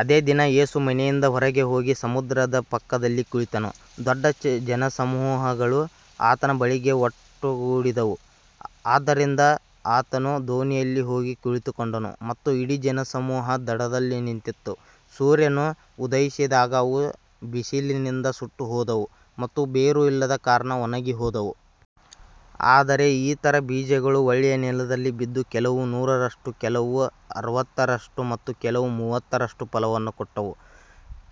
ಅದೇ ದಿನ ಯೇಸು ಮನೆಯಿಂದ ಹೊರಗೆ ಹೋಗಿ ಸಮುದ್ರದ ಪಕ್ಕದಲ್ಲಿ ಕುಳಿತನು. ದೊಡ್ಡ ಜನಸಮೂಹಗಳು ಆತನ ಬಳಿಗೆ ಒಟ್ಟುಗೂಡಿದವು. ಆದ್ದರಿಂದ ಆತನು ದೋಣಿಯಲ್ಲಿ ಹೋಗಿ ಕುಳಿತುಕೊಂಡನು ಮತ್ತು ಇಡೀ ಜನಸಮೂಹವು ದಡದಲ್ಲಿ ನಿಂತಿತ್ತು. ಸೂರ್ಯನು ಉದಯಿಸಿದಾಗ ಅವು ಬಿಸಿಲಿನಿಂದ ಸುಟ್ಟುಹೋದವು ಮತ್ತು ಬೇರು ಇಲ್ಲದ ಕಾರಣ ಒಣಗಿಹೋದವು. ಆದರೆ ಇತರ ಬೀಜಗಳು ಒಳ್ಳೆಯ ನೆಲದಲ್ಲಿ ಬಿದ್ದು, ಕೆಲವು ನೂರರಷ್ಟು, ಕೆಲವು ಅರವತ್ತರಷ್ಟು ಮತ್ತು ಕೆಲವು ಮೂವತ್ತರಷ್ಟು ಫಲವನ್ನು ಕೊಟ್ಟವು.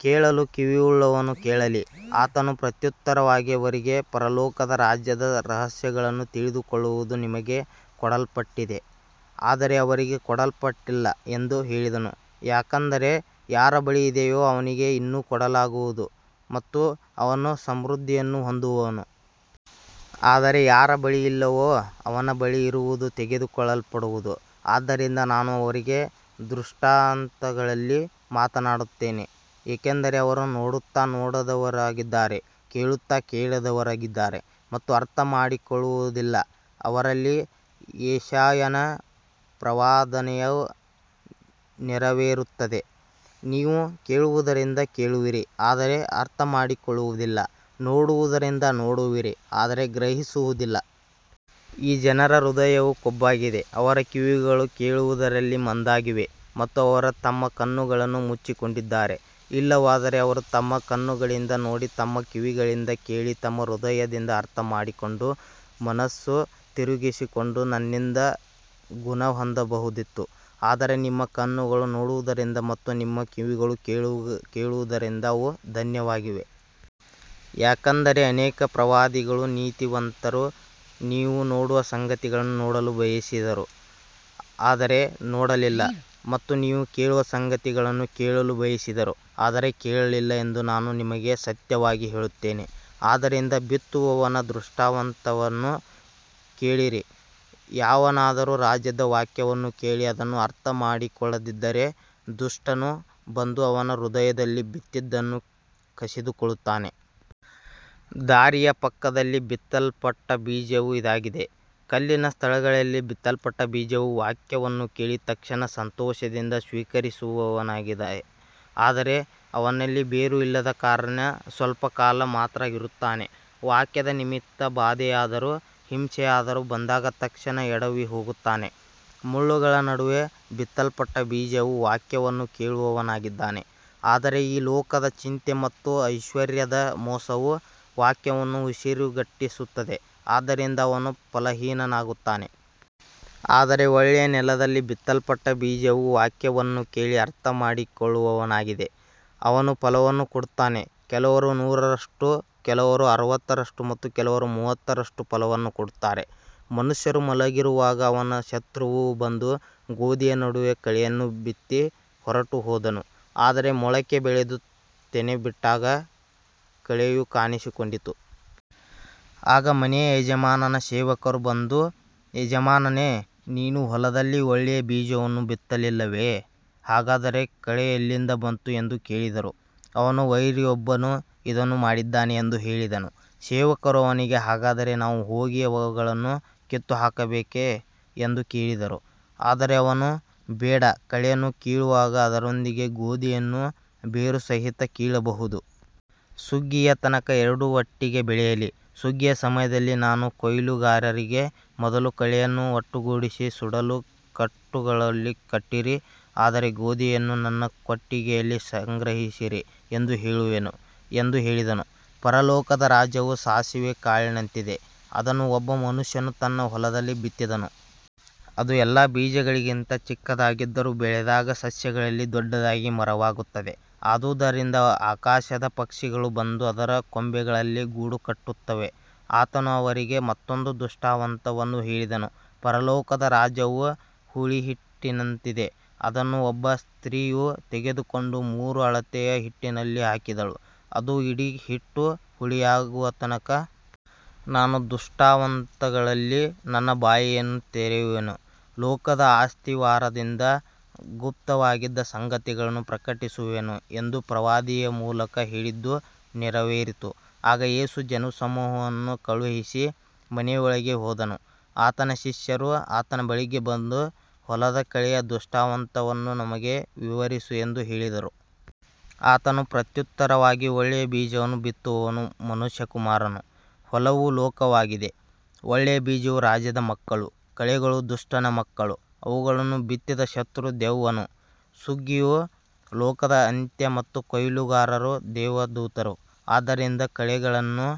ಕೇಳಲು ಕಿವಿಯುಳ್ಳವನು ಕೇಳಲಿ. ಆತನು ಪ್ರತ್ಯುತ್ತರವಾಗಿ ಅವರಿಗೆ, ಪರಲೋಕದ ರಾಜ್ಯದ ರಹಸ್ಯಗಳನ್ನು ತಿಳಿದುಕೊಳ್ಳುವುದು ನಿಮಗೆ ಕೊಡಲ್ಪಟ್ಟಿದೆ, ಆದರೆ ಅವರಿಗೆ ಕೊಡಲ್ಪಟ್ಟಿಲ್ಲ ಎಂದು ಹೇಳಿದನು. ಯಾಕಂದರೆ ಯಾರ ಬಳಿ ಇದೆಯೋ ಅವನಿಗೆ ಇನ್ನೂ ಕೊಡಲಾಗುವುದು ಮತ್ತು ಅವನು ಸಮೃದ್ಧಿಯನ್ನು ಹೊಂದುವನು. ಆದರೆ ಯಾರ ಬಳಿ ಇಲ್ಲವೋ ಅವನ ಬಳಿ ಇರುವುದೂ ತೆಗೆದುಕೊಳ್ಳಲ್ಪಡುವುದು. ಆದ್ದರಿಂದ ನಾನು ಅವರಿಗೆ ದೃಷ್ಟಾಂತಗಳಲ್ಲಿ ಮಾತನಾಡುತ್ತೇನೆ, ಏಕೆಂದರೆ ಅವರು ನೋಡುತ್ತಾ ನೋಡದವರಾಗಿದ್ದಾರೆ, ಕೇಳುತ್ತಾ ಕೇಳದವರಾಗಿದ್ದಾರೆ ಮತ್ತು ಅರ್ಥಮಾಡಿಕೊಳ್ಳುವುದಿಲ್ಲ. ಅವರಲ್ಲಿ ಯೆಶಾಯನ ಪ್ರವಾದನೆಯು ನೆರವೇರುತ್ತಿದೆ, ನೀವು ಕೇಳುವುದರಿಂದ ಕೇಳುವಿರಿ, ಆದರೆ ಅರ್ಥಮಾಡಿಕೊಳ್ಳುವುದಿಲ್ಲ, ನೋಡುವುದರಿಂದ ನೋಡುವಿರಿ, ಆದರೆ ಗ್ರಹಿಸುವುದಿಲ್ಲ. ಈ ಜನರ ಹೃದಯವು ಕೊಬ್ಬಾಗಿದೆ, ಅವರ ಕಿವಿಗಳು ಕೇಳುವುದರಲ್ಲಿ ಮಂದವಾಗಿವೆ ಮತ್ತು ಅವರು ತಮ್ಮ ಕಣ್ಣುಗಳನ್ನು ಮುಚ್ಚಿಕೊಂಡಿದ್ದಾರೆ. ಇಲ್ಲವಾದರೆ ಅವರು ತಮ್ಮ ಕಣ್ಣುಗಳಿಂದ ನೋಡಿ, ತಮ್ಮ ಕಿವಿಗಳಿಂದ ಕೇಳಿ, ತಮ್ಮ ಹೃದಯದಿಂದ ಅರ್ಥಮಾಡಿಕೊಂಡು ಮನಸ್ಸು ತಿರುಗಿಸಿಕೊಂಡು ನನ್ನಿಂದ ಗುಣಹೊಂದಬಹುದಿತ್ತು. ಆದರೆ ನಿಮ್ಮ ಕಣ್ಣುಗಳು ನೋಡುವುದರಿಂದ ಮತ್ತು ನಿಮ್ಮ ಕಿವಿಗಳು ಕೇಳುವುದರಿಂದ ಅವು ಧನ್ಯವಾಗಿವೆ. ಯಾಕಂದರೆ ಅನೇಕ ಪ್ರವಾದಿಗಳೂ ನೀತಿವಂತರೂ ನೀವು ನೋಡುವ ಸಂಗತಿಗಳನ್ನು ನೋಡಲು ಬಯಸಿದರು, ಆದರೆ ನೋಡಲಿಲ್ಲ, ಮತ್ತು ನೀವು ಕೇಳುವ ಸಂಗತಿಗಳನ್ನು ಕೇಳಲು ಬಯಸಿದರು, ಆದರೆ ಕೇಳಲಿಲ್ಲ ಎಂದು ನಾನು ನಿಮಗೆ ಸತ್ಯವಾಗಿ ಹೇಳುತ್ತೇನೆ. ಆದ್ದರಿಂದ ಬಿತ್ತುವವನ ದೃಷ್ಟಾಂತವನ್ನು ಕೇಳಿರಿ. ಯಾವನಾದರೂ ರಾಜ್ಯದ ವಾಕ್ಯವನ್ನು ಕೇಳಿ ಅದನ್ನು ಅರ್ಥಮಾಡಿಕೊಳ್ಳದಿದ್ದರೆ, ದುಷ್ಟನು ಬಂದು ಅವನ ಹೃದಯದಲ್ಲಿ ಬಿತ್ತಿದ್ದನ್ನು ಕಸಿದುಕೊಳ್ಳುತ್ತಾನೆ. ದಾರಿಯ ಪಕ್ಕದಲ್ಲಿ ಬಿತ್ತಲ್ಪಟ್ಟ ಬೀಜವು ಇದಾಗಿದೆ. ಕಲ್ಲಿನ ಸ್ಥಳದಲ್ಲಿ ಬಿತ್ತಲ್ಪಟ್ಟ ಬೀಜವು ವಾಕ್ಯವನ್ನು ಕೇಳಿ ತಕ್ಷಣ ಸಂತೋಷದಿಂದ ಸ್ವೀಕರಿಸುವವನಾಗಿದೆ. ಆದರೆ ಅವನಲ್ಲಿ ಬೇರು ಇಲ್ಲದ ಕಾರಣ ಸ್ವಲ್ಪಕಾಲ ಮಾತ್ರ ಇರುತ್ತಾನೆ. ವಾಕ್ಯದ ನಿಮಿತ್ತ ಬಾಧೆಯಾದರೂ ಹಿಂಸೆಯಾದರೂ ಬಂದಾಗ ತಕ್ಷಣ ಎಡವಿಹೋಗುತ್ತಾನೆ. ಮುಳ್ಳುಗಳ ನಡುವೆ ಬಿತ್ತಲ್ಪಟ್ಟ ಬೀಜವು ವಾಕ್ಯವನ್ನು ಕೇಳುವವನಾಗಿದ್ದಾನೆ, ಆದರೆ ಈ ಲೋಕದ ಚಿಂತೆ ಮತ್ತು ಐಶ್ವರ್ಯದ ಮೋಸವು ವಾಕ್ಯವನ್ನು ಉಸಿರುಗಟ್ಟಿಸುತ್ತದೆ, ಆದ್ದರಿಂದ ಅವನು ಫಲಹೀನನಾಗುತ್ತಾನೆ. ಆದರೆ ಒಳ್ಳೆಯ ನೆಲದಲ್ಲಿ ಬಿತ್ತಲ್ಪಟ್ಟ ಬೀಜವು ವಾಕ್ಯವನ್ನು ಕೇಳಿ ಅರ್ಥಮಾಡಿಕೊಳ್ಳುವವನಾಗಿದೆ. ಅವನು ಫಲವನ್ನು ಕೊಡುತ್ತಾನೆ, ಕೆಲವರು ನೂರರಷ್ಟು, ಕೆಲವರು ಅರವತ್ತರಷ್ಟು ಮತ್ತು ಕೆಲವರು ಮೂವತ್ತರಷ್ಟು ಫಲವನ್ನು ಕೊಡುತ್ತಾರೆ. ಮನುಷ್ಯರು ಮಲಗಿರುವಾಗ ಅವನ ಶತ್ರುವು ಬಂದು ಗೋಧಿಯ ನಡುವೆ ಕಳೆಯನ್ನು ಬಿತ್ತಿ ಹೊರಟುಹೋದನು. ಆದರೆ ಮೊಳಕೆ ಬೆಳೆದು ತೆನೆ ಬಿಟ್ಟಾಗ ಕಳೆಯೂ ಕಾಣಿಸಿಕೊಂಡಿತು. ಆಗ ಮನೆಯ ಯಜಮಾನನ ಸೇವಕರು ಬಂದು, ಯಜಮಾನನೇ, ನೀನು ಹೊಲದಲ್ಲಿ ಒಳ್ಳೆಯ ಬೀಜವನ್ನು ಬಿತ್ತಲಿಲ್ಲವೇ? ಹಾಗಾದರೆ ಕಳೆ ಎಲ್ಲಿಂದ ಬಂತು ಎಂದು ಕೇಳಿದರು. ಅವನು, ವೈರಿಯೊಬ್ಬನು ಇದನ್ನು ಮಾಡಿದ್ದಾನೆ ಎಂದು ಹೇಳಿದನು. ಸೇವಕರು ಅವನಿಗೆ, ಹಾಗಾದರೆ ನಾವು ಹೋಗಿ ಅವುಗಳನ್ನು ಕಿತ್ತುಹಾಕಬೇಕೇ ಎಂದು ಕೇಳಿದರು. ಆದರೆ ಅವನು, ಬೇಡ, ಕಳೆಯನ್ನು ಕೀಳುವಾಗ ಅದರೊಂದಿಗೆ ಗೋಧಿಯನ್ನೂ ಬೇರುಸಹಿತ ಕೀಳಬಹುದು. ಸುಗ್ಗಿಯ ತನಕ ಎರಡೂ ಒಟ್ಟಿಗೆ ಬೆಳೆಯಲಿ. ಸುಗ್ಗಿಯ ಸಮಯದಲ್ಲಿ ನಾನು ಕೊಯ್ಲುಗಾರರಿಗೆ, ಮೊದಲು ಕಳೆಯನ್ನು ಒಟ್ಟುಗೂಡಿಸಿ ಸುಡಲು ಕಟ್ಟುಗಳಲ್ಲಿ ಕಟ್ಟಿರಿ, ಆದರೆ ಗೋಧಿಯನ್ನು ನನ್ನ ಕೊಟ್ಟಿಗೆಯಲ್ಲಿ ಸಂಗ್ರಹಿಸಿರಿ ಎಂದು ಹೇಳುವೆನು ಎಂದು ಹೇಳಿದನು. ಪರಲೋಕದ ರಾಜ್ಯವು ಸಾಸಿವೆ ಕಾಳಿನಂತಿದೆ. ಅದನ್ನು ಒಬ್ಬ ಮನುಷ್ಯನು ತನ್ನ ಹೊಲದಲ್ಲಿ ಬಿತ್ತಿದನು. ಅದು ಎಲ್ಲಾ ಬೀಜಗಳಿಗಿಂತ ಚಿಕ್ಕದಾಗಿದ್ದರೂ ಬೆಳೆದಾಗ ಸಸ್ಯಗಳಲ್ಲಿ ದೊಡ್ಡದಾಗಿ ಮರವಾಗುತ್ತದೆ. ಆದುದರಿಂದ ಆಕಾಶದ ಪಕ್ಷಿಗಳು ಬಂದು ಅದರ ಕೊಂಬೆಗಳಲ್ಲಿ ಗೂಡುಕಟ್ಟುತ್ತವೆ. ಆತನು ಅವರಿಗೆ ಮತ್ತೊಂದು ದೃಷ್ಟಾಂತವನ್ನು ಹೇಳಿದನು. ಪರಲೋಕದ ರಾಜ್ಯವು ಹುಳಿಹಿಟ್ಟಿನಂತಿದೆ. ಅದನ್ನು ಒಬ್ಬ ಸ್ತ್ರೀಯು ತೆಗೆದುಕೊಂಡು ಮೂರು ಅಳತೆಯ ಹಿಟ್ಟಿನಲ್ಲಿ ಹಾಕಿದಳು, ಅದು ಇಡೀ ಹಿಟ್ಟು ಹುಳಿಯಾಗುವ ತನಕ. ನಾನು ದೃಷ್ಟಾಂತಗಳಲ್ಲಿ ನನ್ನ ಬಾಯಿಯನ್ನು ತೆರೆಯುವೆನು, ಲೋಕದ ಅಸ್ತಿವಾರದಿಂದ ಗುಪ್ತವಾಗಿದ್ದ ಸಂಗತಿಗಳನ್ನು ಪ್ರಕಟಿಸುವೆನು ಎಂದು ಪ್ರವಾದಿಯ ಮೂಲಕ ಹೇಳಿದ್ದು ನೆರವೇರಿತು. ಆಗ ಯೇಸು ಜನಸಮೂಹವನ್ನು ಕಳುಹಿಸಿ ಮನೆಯೊಳಗೆ ಹೋದನು. ಆತನ ಶಿಷ್ಯರು ಆತನ ಬಳಿಗೆ ಬಂದು, ಹೊಲದ ಕಳೆಯ ದೃಷ್ಟಾಂತವನ್ನು ನಮಗೆ ವಿವರಿಸು ಎಂದು ಹೇಳಿದರು. ಆತನು ಪ್ರತ್ಯುತ್ತರವಾಗಿ, ಒಳ್ಳೆಯ ಬೀಜವನ್ನು ಬಿತ್ತುವವನು ಮನುಷ್ಯಕುಮಾರನು. ಹೊಲವು ಲೋಕವಾಗಿದೆ. ಒಳ್ಳೆಯ ಬೀಜವು ರಾಜ್ಯದ ಮಕ್ಕಳು, ಕಳೆಗಳು ದುಷ್ಟನ ಮಕ್ಕಳು. ಅವುಗಳನ್ನು ಬಿತ್ತಿದ ಶತ್ರು ದೆವ್ವನು. ಸುಗ್ಗಿಯು ಲೋಕದ ಅಂತ್ಯ ಮತ್ತು ಕೊಯ್ಲುಗಾರರು ದೇವದೂತರು. ಆದ್ದರಿಂದ ಕಳೆಯನ್ನು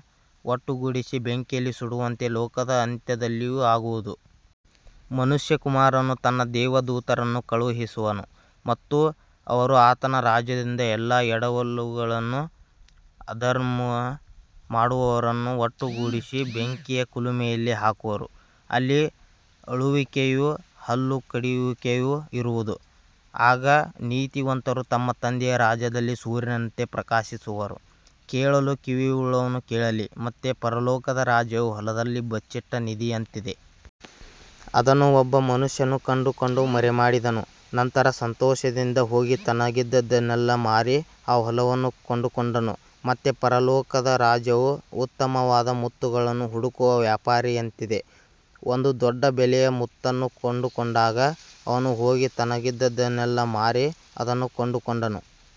ಒಟ್ಟುಗೂಡಿಸಿ ಬೆಂಕಿಯಲ್ಲಿ ಸುಡುವಂತೆ ಲೋಕದ ಅಂತ್ಯದಲ್ಲಿಯೂ ಆಗುವುದು. ಮನುಷ್ಯಕುಮಾರನು ತನ್ನ ದೇವದೂತರನ್ನು ಕಳುಹಿಸುವನು ಮತ್ತು ಅವರು ಆತನ ರಾಜ್ಯದಿಂದ ಎಲ್ಲಾ ಎಡವಲುಗಳನ್ನೂ ಅಧರ್ಮ ಮಾಡುವವರನ್ನೂ ಒಟ್ಟುಗೂಡಿಸಿ ಬೆಂಕಿಯ ಕುಲುಮೆಯಲ್ಲಿ ಹಾಕುವರು. ಅಲ್ಲಿ ಅಳುವಿಕೆಯೂ ಹಲ್ಲುಕಡಿಯುವಿಕೆಯೂ ಇರುವುದು. ಆಗ ನೀತಿವಂತರು ತಮ್ಮ ತಂದೆಯ ರಾಜ್ಯದಲ್ಲಿ ಸೂರ್ಯನಂತೆ ಪ್ರಕಾಶಿಸುವರು. ಕೇಳಲು ಕಿವಿಯುಳ್ಳವನು ಕೇಳಲಿ. ಮತ್ತೆ ಪರಲೋಕದ ರಾಜ್ಯವು ಹೊಲದಲ್ಲಿ ಬಚ್ಚಿಟ್ಟ ನಿಧಿಯಂತಿದೆ. ಅದನ್ನು ಒಬ್ಬ ಮನುಷ್ಯನು ಕಂಡುಕೊಂಡು ಮರೆಮಾಡಿದನು. ನಂತರ ಸಂತೋಷದಿಂದ ಹೋಗಿ ತನಗಿದ್ದದ್ದನ್ನೆಲ್ಲಾ ಮಾರಿ ಆ ಹೊಲವನ್ನು ಕೊಂಡುಕೊಂಡನು. ಮತ್ತೆ ಪರಲೋಕದ ರಾಜ್ಯವು ಉತ್ತಮವಾದ ಮುತ್ತುಗಳನ್ನು ಹುಡುಕುವ ವ್ಯಾಪಾರಿಯಂತಿದೆ. ಒಂದು ದೊಡ್ಡ ಬೆಲೆಯ ಮುತ್ತನ್ನು ಕಂಡುಕೊಂಡಾಗ ಅವನು ಹೋಗಿ ತನಗಿದ್ದದ್ದನ್ನೆಲ್ಲಾ ಮಾರಿ ಅದನ್ನು ಕೊಂಡುಕೊಂಡನು.